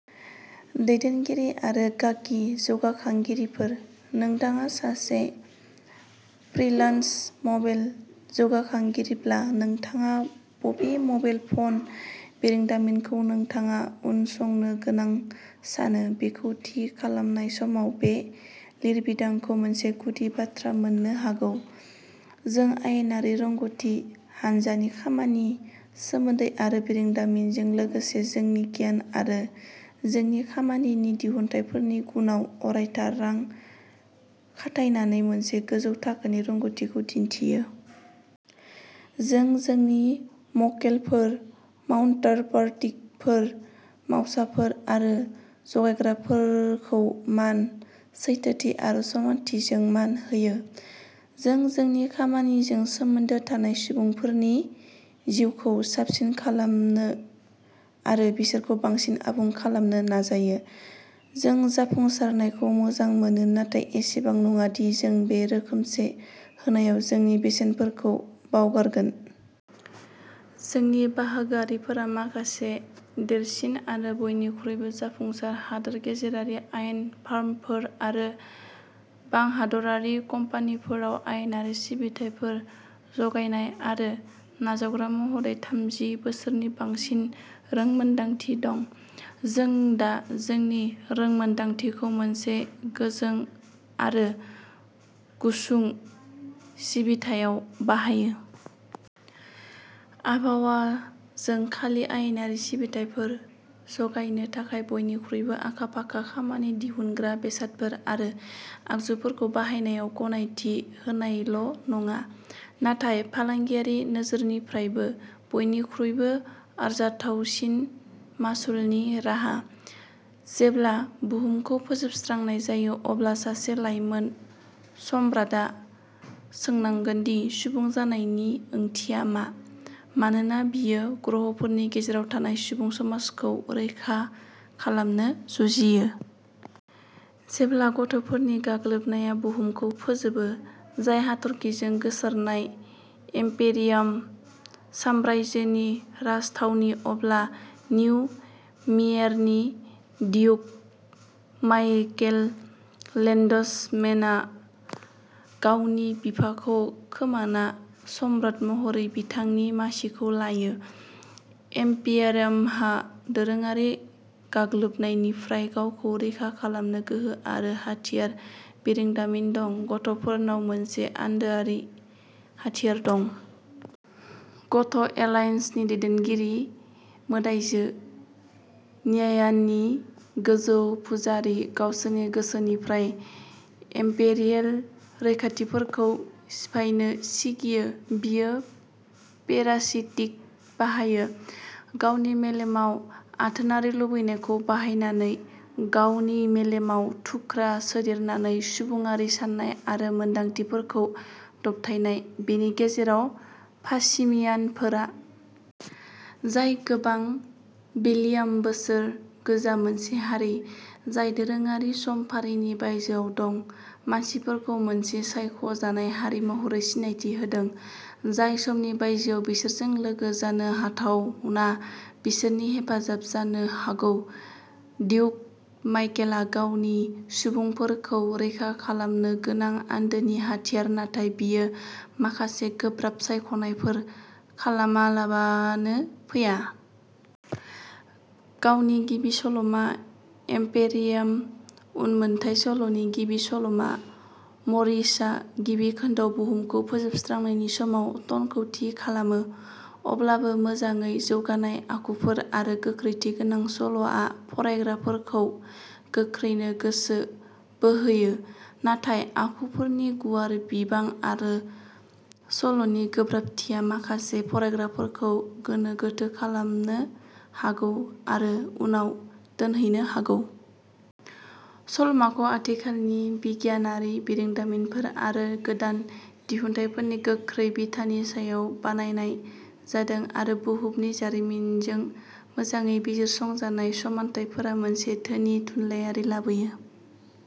दैदेनगिरि आरो गागि जौगाखांगिरिफोर। नोंथाङा सासे फ्रिलान्स मबाइल जौगाखांगिरिब्ला नोंथाङा बबे मबाइल फ'न बिरोंदामिनखौ नोंथाङा उनसंनो गोनां सानो बेखौ थि खालामनाय समाव बे लिरबिदांखौ मोनसे गुदि बाथ्रा मोननो हागौ। जों आयेनारि रोंग'थि, हानजानि खामानि, सोमोन्दै आरो बिरोंदामिनजों लोगोसे जोंनि गियान आरो जोंनि खामानिनि दिहुनथायफोरनि गुनआव अरायथा रां खाथायनानै मोनसे गोजौ थाखोनि रोंग'थिखौ दिन्थियो। जों जोंनि मक्केलफोर, काउन्टारपार्टिफोर, मावसाफोर आरो जगायग्राफोरखौ मान, सैथोथि आरो समानथिजों मान होयो। जों जोंनि खामानिजों सोमोन्दो थानाय सुबुंफोरनि जिउखौ साबसिन खालामनो आरो बिसोरखौ बांसिन आबुं खालामनो नाजायो। जों जाफुंसारनायखौ मोजां मोनो नाथाय एसेबां नङा दि जों बे रोखोमसे होनायाव जोंनि बेसेनफोरखौ बावगारगोन। जोंनि बाहागोआरिफोरा माखासे देरसिन आरो बयनिख्रुइबो जाफुंसार हादोर गेजेरारि आयेन फार्मफोर आरो बांहादरारि कम्पानिफोराव आयेनारि सिबिथाइफोर जगायनाय आरो नाजावग्रा महरै थामजि बोसोरनि बांसिन रोंमोनदांथि दं। जों दा जोंनि रोंमोनदांथिखौ मोनसे गोजों आरो गुसुं सिबिथायाव बाहायो। आबहावा जों खालि आयेनारि सिबिथायफोर जगायनो थाखाय बयनिख्रुइबो आखा-फाखा खामानि दिहुनग्रा बेसादफोर आरो आगजुफोरखौ बाहायनायाव गनायथि होनायल'नङा, नाथाय फालांगियारि नोजोरनिफ्रायबो बयनिख्रुइबो आरजाथावसिन मासुलनि राहा। जेब्ला बुहुमखौ फोजोबस्रांनाय जायो, अब्ला सासे लाइमोन सम्राटआ सोंनांगोन दि सुबुं जानायनि ओंथिया मा, मानोना बियो ग्रहफोरनि गेजेराव थानाय सुबुं समाजखौ रैखा खालामनो जुजियो। जेब्ला गथ’फोरनि गाग्लोबनाया बुहुमखौ फोजोबो, जाय हाथरखिजों गोसारनाय इम्पेरियाम साम्रायजोनि राजथावनि, अब्ला निउ मेयेरनि डियुक माइकेल लेन्डसमेनआ गावनि बिफाखौ खोमाना सम्राट महरै बिथांनि मासिखौ लायो। इम्पेरियामहा दोरोङारि गाग्लोबनायनिफ्राय गावखौ रैखा खालामनो गोहो आरो हाथियार बिरोंदामिन दं, गथ’फोरनाव मोनसे आन्दोआरि हाथियार दं। गथ’ एलायन्सनि दैदेनगिरि, मोदाइजो नियारियाननि गोजौ पुजारी, गावसोरनि गोसोनिफ्राय इम्पेरियेल रैखाथिफोरखौ सिफायनो सिगियो बियो पेरासिटिक बाहायो। गावनि मेलेमाव आथोनारि लुबैनायखौ बाहायनानै गावनि मेलेमाव थुख्रा सोदेरनानै सुबुङारि साननाय आरो मोन्दांथिफोरखौ दबथायनाय। बेनि गेजेराव, पासिमियानफोरा जाय गोबां बिलियाम बोसोर गोजाम मोनसे हारि, जाय दोरोङारि समफारिनि बायजोआव दं, मानसिफोरखौ मोनसे सायख' जानाय हारि महरै सिनायथि होदों, जाय समनि बायजोआव बिसोरजों लोगो जानो हाथावना बिसोरनि हेफाजाबा जानो हागौ डिउक माइकेलआ गावनि सुबुंफोरखौ रैखा खालामनो गोनां आन्दोनि हाथियार-नाथाय बेयो माखासे गोब्राब सायख'नायफोर खालामालाबानो फैया। गावनि गिबि सल'मा, इम्पेरियाम उनमोनथाय सल'नि गिबि सल'मा, मरिसआ गिबि खोन्दोआव बुहुमखौ फोजोबस्रांनायनि समाव टनखौ थि खालामो। अब्लाबो मोजाङै जौगानाय आखुफोर आरो गोख्रैथि गोनां सल'आ फरायग्राफोरखौ गोख्रैनो गोसो बोहोयो, नाथाय आखुफोरनि गुवार बिबां आरो सल'नि गोब्राबथिया माखासे फरायग्राफोरखौ गोनो गोथो खालामनो हागौ आरो उनाव दोनहैनो हागौ। सल'माखौ आथिखालनि बिगियानारि बिरोंदामिनफोर आरो गोदान दिहुनथायफोरनि गोख्रै बिथानि सायाव बानायनाय जादों, आरो बुहुमनि जारिमिनजों मोजाङै बिजिरसंजानाय समानथायफोरा मोनसे धोनि थुनलायारि लाबोयो।